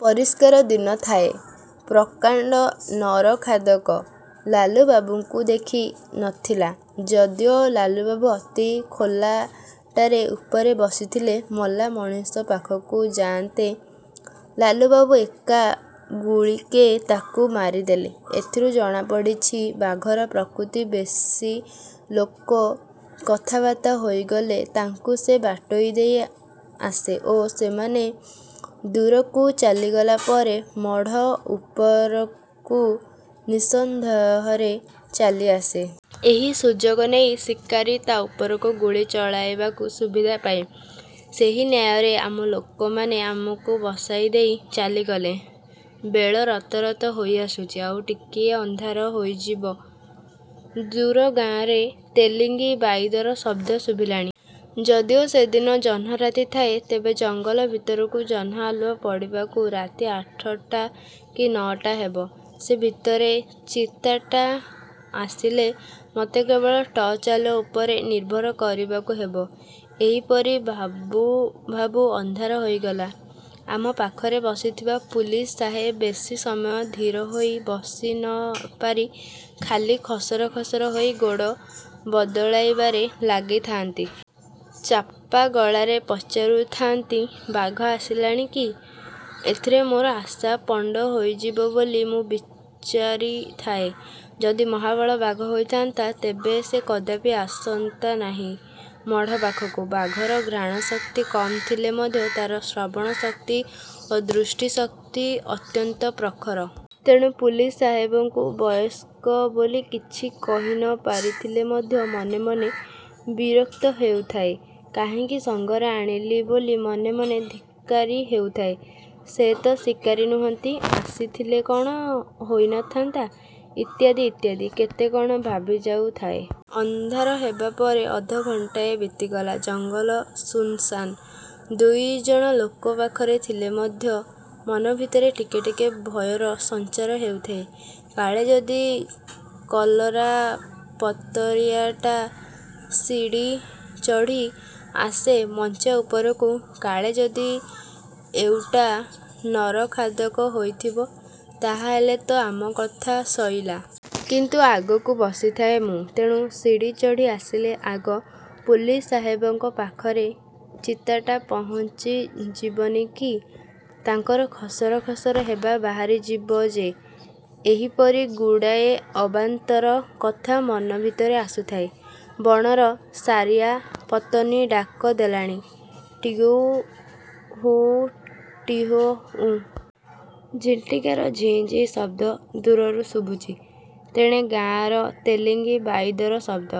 ପରିଷ୍କାର ଦିନ ଥାଏ-। ପ୍ରକାଣ୍ଡ ନରଖାଦକ। ଲାଲୁବାବୁଙ୍କୁ ଦେଖି ନଥିଲା, ଯଦି ଓ ଲାଲୁବାବୁ ଅତି ଖୋଲାଟାରେ ଉପରେ ବସିଥିଲେ। ମଲାମଣିଷ ପାଖକୁ ଯାଅନ୍ତେ ଲାଲୁବାବୁ ଏକା ଗୁଳିକେ ତାକୁ ମାରିଦେଲେ। ଏଥିରୁ ଜଣାପଡ଼ିଛି ବାଘର ପ୍ରକୃତି ବେଶୀ ଲୋକ କଥାବାର୍ତ୍ତା ହୋଇ ଗଲେ ତାଙ୍କୁ ସେ ବାଟୋଇ ଦେଇ ଆସେ ଓ ସେମାନେ ଦୂରକୁ ଚାଲିଗଲା ପରେ ମଢ଼ ଉପରକୁ ନିଃସନ୍ଦେହରେ ଚାଲିଆସେ-। ଏଇ ସୁଯୋଗ ନେଇ ଶିକାରୀ ତା' ଉପରକୁ ଗୁଳି ଚଳାଇବାକୁ ସୁବିଧା ପାଏ। ସେହି ନ୍ୟାୟରେ ଆମ ଲୋକମାନେ ଆମକୁ ବସାଇ ଦେଇ ଚାଲିଗଲେ। ବେଳ ରତ ରତ ହୋଇ ଆସୁଛି। ଆଉ ଟିକକେ ଅନ୍ଧାର ହୋଇଯିବ। ଦୂର ଗାଁରେ ତେଲିଙ୍ଗି ବାଇଦର ଶବ୍ଦ ଶୁଭିଲାଣି। ଯଦି ଓ ସେଦିନ ଜହ୍ନରାତି ଥାଏ, ତେବେ ଜଙ୍ଗଲ ଭିତରକୁ ଜହ୍ନ ଆଲୁଅ ପଡ଼ିବାକୁ ରାତି ଆଠଟା କି ନଅଟା ହେବ। ସେ ଭିତରେ ଚିତାଟା ଆସିଲେ ମୋତେ କେବଳ ଟର୍ଚ୍ଚ ଆଲୁଅ ଉପରେ ନିର୍ଭର କରିବାକୁ ହେବ।,ଏହିପରି ଭାବୁ ଭାବୁ ଅନ୍ଧାର ହୋଇଗଲା। ଆମ ପାଖରେ ବସିଥିବା ପୁଲିସ ସାହେବ ବେଶି ସମୟ ଧୀର ହୋଇ ବସି ନ ପାରି ଖାଲି ଖସର ଖସର ହୋଇ ଗୋଡ଼ ବଦଳାଇବାରେ ଲାଗିଥାନ୍ତି। ଚାପା ଗଳାରେ ପଚାରୁଥାନ୍ତି, ବାଘ ଆସିଲାଣି କି? ଏଥିରେ ମୋର ଆଶା ପଣ୍ଡ ହୋଇଯିବ ବୋଲି ମୁଁ ବିଚାରିଥାଏ। ଯଦି ମହାବଳ ବାଘ ହୋଇଥାନ୍ତା ତେବେ ସେ କଦାପି ଆସନ୍ତା ନାହିଁ ମଢ଼ ପାଖକୁ। ବାଘର ଘ୍ରାଣ ଶକ୍ତି କମ ଥିଲେ ମଧ୍ୟ ତା'ର ଶ୍ରବଣ ଶକ୍ତି ଓ ଦୃଷ୍ଟି ଶକ୍ତି ଅତ୍ୟନ୍ତପ୍ରଖର। ତେଣୁ ପୁଲିସ ସାହେବଙ୍କୁ ବୟସ୍କ ବୋଲି କିଛି କହି ନ ପାରିଥିଲେ ମଧ୍ୟ ମନେ ମନେ ବିରକ୍ତ ହେଉଥାଏ। କାହିଁକି ସଙ୍ଗରେ ଆଣିଲି ବୋଲି ମନେ ମନେ ଧିକ୍କାରି ହେଉଥାଏ। ସେ ତ ଶିକାରୀ ନୁହନ୍ତି, ଆସି ଥିଲେ କ'ଣ ହୋଇ ନ ଥାନ୍ତା! ଇତ୍ୟାଦି ଇତ୍ୟାଦି କେତେ କ'ଣ ଭାବିଯାଉଥାଏ। ଅନ୍ଧାର ହେବାପରେ ଅଧଘଣ୍ଟାଏ ବିତିଗଲା। ଜଙ୍ଗଲ ଶୁନ୍ ଶାନ୍। ଦୁଇଜଣ ଲୋକ ପାଖରେ ଥିଲେ ମଧ୍ୟ ମନ ଭିତରେ ଟିକେ ଟିକେ ଭୟର ସଞ୍ଚାର ହେଉଥାଏ। କାଳେ ଯଦି କଲରାପତରିଆଟା ସିଡ଼ି ଚଢ଼ି ଆସେ ମଞ୍ଚା ଉପରକୁ! କାଳେ ଯଦି ଏଉଟା ନରଖାଦକ ହୋଇଥିବ-! ତାହାହେଲେ ତ ଆମ କଥା ସଇଲା! କିନ୍ତୁ ଆଗକୁ ବସିଥାଏ ମୁଁ। ତେଣୁ ସିଡ଼ି ଚଢ଼ି ଆସିଲେ ଆଗ ପୁଲିସ ସାହେବଙ୍କ ପାଖରେ ଚିତାଟା ପହଞ୍ଚି ଯିବନି କି! ତାଙ୍କର ଖସର ଖସର ହେବା ବାହାରିଯିବ ଯେ। ଏହିପରି ଗୁଡ଼ାଏ ଅବାନ୍ତର କଥା ମନ ଭିତରେ ଆସୁଥାଏ-। ବଣର ସାରିଆପତନି ଡାକ ଦେଲାଣି-ଟିହ'ଉଁ ଟିହ'ଉଁ। ଝିଣ୍ଟିକାର ଝିଁ ଝିଁ ଶବ୍ଦ ଦୂରରୁ ଶୁଭୁଛି। ତେଣେ ଗାଁର ତେଲିଙ୍ଗି ବାଇଦର ଶବ୍ଦ।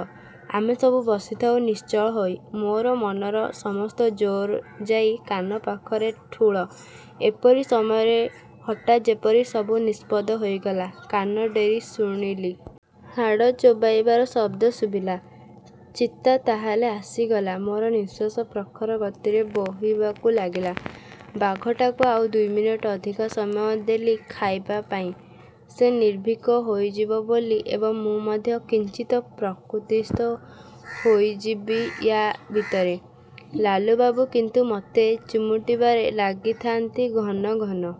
ଆମେ ସବୁ ବସିଥାଉ ନିଶ୍ଚଳ ହୋଇ। ମୋର ମନର ସମସ୍ତ ଜୋର ଯାଇ କାନ ପାଖରେ ଠୂଳ! ଏପରି ସମୟରେ ହଠାତ୍ ଯେପରି ସବୁ ନିସ୍ତବ୍ଧ ହୋଇଗଲା-। କାନ ଡେରି ଶୁଣିଲି। ହାଡ଼ ଚୋବେଇବାର ଶବ୍ଦ ଶୁଭିଲା। ଚିତା ତାହାହେଲେ ଆସିଗଲା-? ମୋର ନିଃଶ୍ୱାସ ପ୍ରଖର ଗତିରେ ବୋହିବାକୁ ଲାଗିଲା। ବାଘଟାକୁ ଆଉ ଦୁଇ ମିନିଟ ଅଧିକା ସମୟ ଦେଲି ଖାଇବା ପାଇଁ-ସେ ନିର୍ଭୀକ ହୋଇଯିବ ବୋଲି ଏବଂ ମୁଁ ମଧ୍ୟ କିଞ୍ଚିତ ପ୍ରକୃତିସ୍ଥ ହୋଇଯିବି ୟା ଭିତରେ। ଲାଲୁବାବୁ କିନ୍ତୁ ମୋତେ ଚିମୁଟିବାରେ ଲାଗିଥାନ୍ତି ଘନ ଘନ।